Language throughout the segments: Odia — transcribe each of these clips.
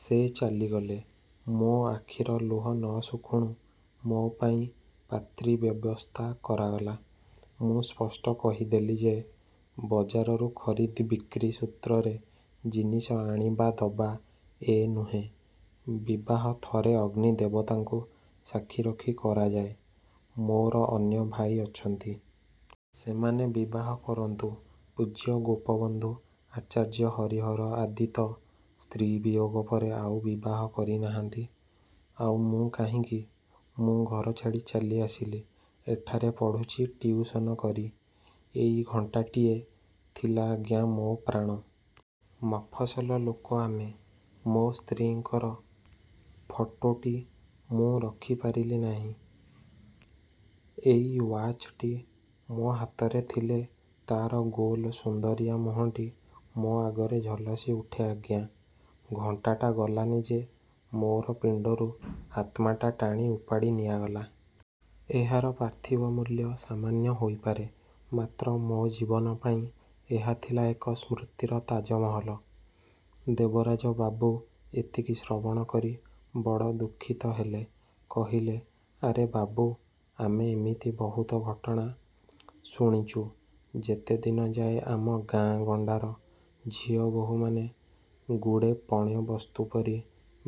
ସେ ଚାଲିଗଲେ, ମୋ ଆଖିର ଲୁହ ନ ଶୁଖୁଣୁ ମୋ ପାଇଁ ପାତ୍ରୀ ବ୍ୟବସ୍ଥା କରାଗଲା। ମୁଁ ସ୍ପଷ୍ଟ କହିଦେଲି ଯେ, ବଜାରରୁ ଖରିଦ୍ ବିକ୍ରି ସୂତ୍ରରେ ଜିନିଷ ଆଣିବା ଦବା ଏ ନୁହେଁ। ବିବାହ ଥରେ ଅଗ୍ନି ଦେବତାଙ୍କୁ ସାକ୍ଷୀ ରଖି କରାଯାଏ। ମୋର ଅନ୍ୟ ଭାଇ ଅଛନ୍ତି। ସେମାନେ ବିବାହ କରନ୍ତୁ। ପୂଜ୍ୟ ଗୋପବନ୍ଧୁ, ଆଚାର୍ଯ୍ୟ ହରିହର ଆଦି ତ ସ୍ତ୍ରୀ ବିୟୋଗ ପରେ ଆଉ ବିବାହ କରି ନାହାନ୍ତି, ଆଉ ମୁଁ କାହିଁକି? ମୁଁ ଘରଛାଡ଼ି ଚାଲି ଆସିଲି, ଏଠାରେ ପଢ଼ୁଚି ଟିଉସନ କରି। ଏଇ ଘଣ୍ଟାଟିଏ ଥିଲା ଆଜ୍ଞା ମୋ ପ୍ରାଣ। ମଫସଲ ଲୋକ ଆମେ। ମୋ ସ୍ତ୍ରୀଙ୍କର ଫଟୋଟି ମୁଁ ରଖି ପାରିଲି ନାହିଁ। ଏଇ ୱାଚଟି ମୋ ହାତରେ ଥିଲେ ତାର ଗୋଲ ସୁନ୍ଦରିଆ ମୁହଁଟି ମୋ ଆଗରେ ଝଲସି ଉଠେ ଆଜ୍ଞା! ଘଣ୍ଟାଟା ଗଲାନି ଯେ ମୋର ପିଣ୍ଡରୁ ଆତ୍ମାଟା ଟାଣି ଉପାଡ଼ି ନିଆଗଲା। ଏହାର ପାର୍ଥିବ ମୂଲ୍ୟ ସାମାନ୍ୟ ହୋଇପାରେ; ମାତ୍ର ମୋ ଜୀବନ ପାଇଁ ଏହା ଥିଲା ଏକ ସ୍ମୃତିର ତାଜମହଲ। ଦେବରାଜ ବାବୁ ଏତିକି ଶ୍ରବଣ କରି ବଡ଼ ଦୁଃଖିତ ହେଲେ। କହିଲେ-ଆରେ ବାବୁ, ଆମେ ଏମିତି ବହୁତ ଘଟଣା ଶୁଣିଚୁ। ଯେତେ ଦିନଯାଏ ଆମ ଗାଁ ଗଣ୍ଡାର ଝିଅ ବୋହୂମାନେ ଗୁଡ଼େ ପଣ୍ୟ ବସ୍ତୁ ପରି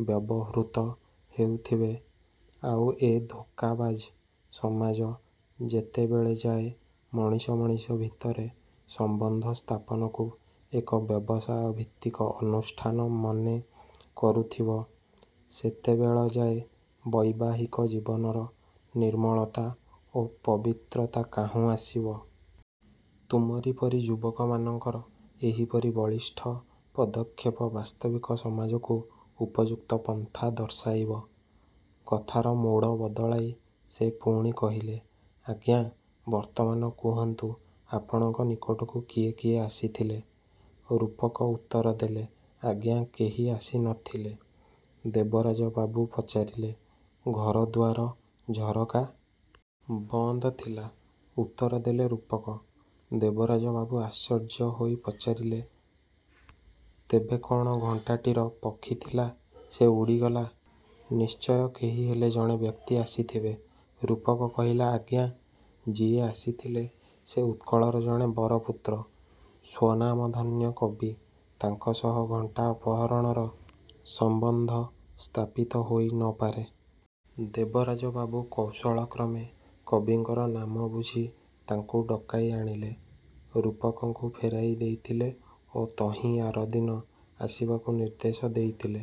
ବ୍ୟବହୃତ ହେଉଥିବେ, ଆଉ ଏ ଧୋକାବାଜ ସମାଜ ଯେତେବେଳେ ଯାଏ ମଣିଷ ମଣିଷ ଭିତରେ ସମ୍ବନ୍ଧ ସ୍ଥାପନକୁ ଏକ ବ୍ୟବସାୟ ଭିତ୍ତିକ ଅନୁଷ୍ଠାନ ମନେ କରୁଥିବ, ସେତେବେଳଯାଏ ବୈବାହିକ ଜୀବନର ନିର୍ମଳତା ଓ ପବିତ୍ରତା କାହୁଁ ଆସିବ? ତୁମରି ପରି ଯୁବକମାନଙ୍କର ଏହିପରି ବଳିଷ୍ଠ ପଦକ୍ଷେପ ବାସ୍ତବିକ ସମାଜକୁ ଉପଯୁକ୍ତ ପନ୍ଥା ଦର୍ଶାଇବ। କଥାର ମୋଡ଼ ବଦଳାଇ ସେ ପୁଣି କହିଲେ-ଆଜ୍ଞା ବର୍ତ୍ତମାନ କୁହନ୍ତୁ, ଆପଣଙ୍କ ନିକଟକୁ କିଏ କିଏ ଆସିଥିଲେ? ରୂପକ ଉତ୍ତର ଦେଲେ-ଆଜ୍ଞା କେହି ଆସି ନ ଥିଲେ। ଦେବରାଜ ବାବୁ ପଚାରିଲେ-ଘର ଦୁଆର, ଝରକା? ବନ୍ଦ ଥିଲା-ଉତ୍ତର ଦେଲେ ରୂପକ। ଦେବରାଜ ବାବୁ ଆଶ୍ଚର୍ଯ୍ୟ ହେଇ ପଚାରିଥିଲେ-ତେବେ କ'ଣ ଘଣ୍ଟାଟିର ପକ୍ଷୀ ଥିଲା, ସେ ଉଡ଼ିଗଲା? ନିଶ୍ଚୟ କେହି ହେଲେ ଜଣେ ବ୍ୟକ୍ତି ଆସିଥିବେ। ରୂପକ କହିଲା-ଆଜ୍ଞା ଯିଏ ଆସିଥିଲେ, ସେ ଉତ୍କଳର ଜଣେ ବରପୁତ୍ର, ସ୍ୱନାମଧନ୍ୟ କବି। ତାଙ୍କ ସହ ଘଣ୍ଟା ଅପହରଣର ସମ୍ବନ୍ଧ ସ୍ଥାପିତ ହୋଇ ନ ପାରେ। ଦେବରାଜ ବାବୁ କୌଶଳ କ୍ରମେ କବିଙ୍କର ନାମ ବୁଝି ତାଙ୍କୁ ଡକାଇ ଆଣିଲେ। ରୂପକଙ୍କୁ ଫେରାଇ ଦେଇଥିଲେ ଓ ତହିଁଆର ଦିନ ଆସିବାକୁ ନିର୍ଦ୍ଦେଶ ଦେଇଥିଲେ।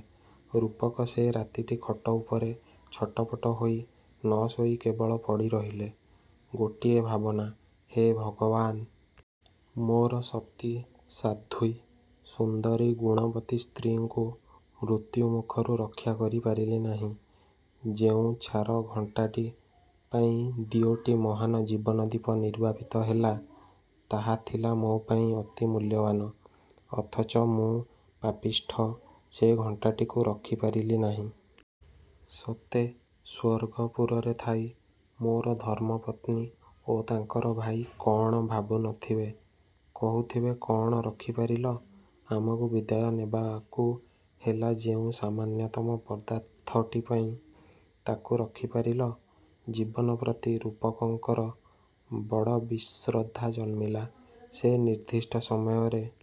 ରୂପକ ସେ ରାତିଟି ଖଟ ଉପରେ ଛଟପଟ ହୋଇ ନ ଶୋଇ କେବଳ ପଡ଼ି ରହିଲେ। ଗୋଟିଏ ଭାବନା-ହେ ଭଗବାନ! ମୋର ସତୀ ସାଧ୍ୱୀ ସୁନ୍ଦରୀ, ଗୁଣବତୀ ସ୍ତ୍ରୀଙ୍କୁ ମୃତ୍ୟୁ ମୁଖରୁ ରକ୍ଷା କରି ପାରିଲି ନାହିଁ। ଯେଉଁ ଛାର ଘଣ୍ଟାଟି ପାଇଁ ଦିଓଟି ମହାନ ଜୀବନଦୀପ ନିର୍ବାପିତ ହେଲା, ତାହା ଥିଲା ମୋ ପାଇଁ ଅତି ମୂଲ୍ୟବାନ। ଅଥଚ ମୁଁ ପାପିଷ୍ଠ ସେ ଘଣ୍ଟାଟିକୁ ରଖି ପାରିଲି ନାହିଁ। ସତେ। ସ୍ୱର୍ଗପୁରରେ ଥାଇ ମୋର ଧର୍ମପତ୍ନୀ ଓ ତାଙ୍କର ଭାଇ କଅଣ ଭାବୁ ନ ଥିବେ? କହୁଥିବେ କ'ଣ ରଖି ପାରିଲ? ଆମକୁ ବିଦାୟ ନେବାକୁ ହେଲା ଯେଉଁ ସାମାନ୍ୟତମ ପଦାର୍ଥଟି ପାଇଁ, ତାକୁ ରଖି ପାରିଲ? ଜୀବନ ପ୍ରତି ରୂପକଙ୍କର ବଡ଼ ବିଶ୍ରଦ୍ଧା ଜନ୍ମିଲା। ସେ ନିର୍ଦ୍ଦିଷ୍ଟ ସମୟରେ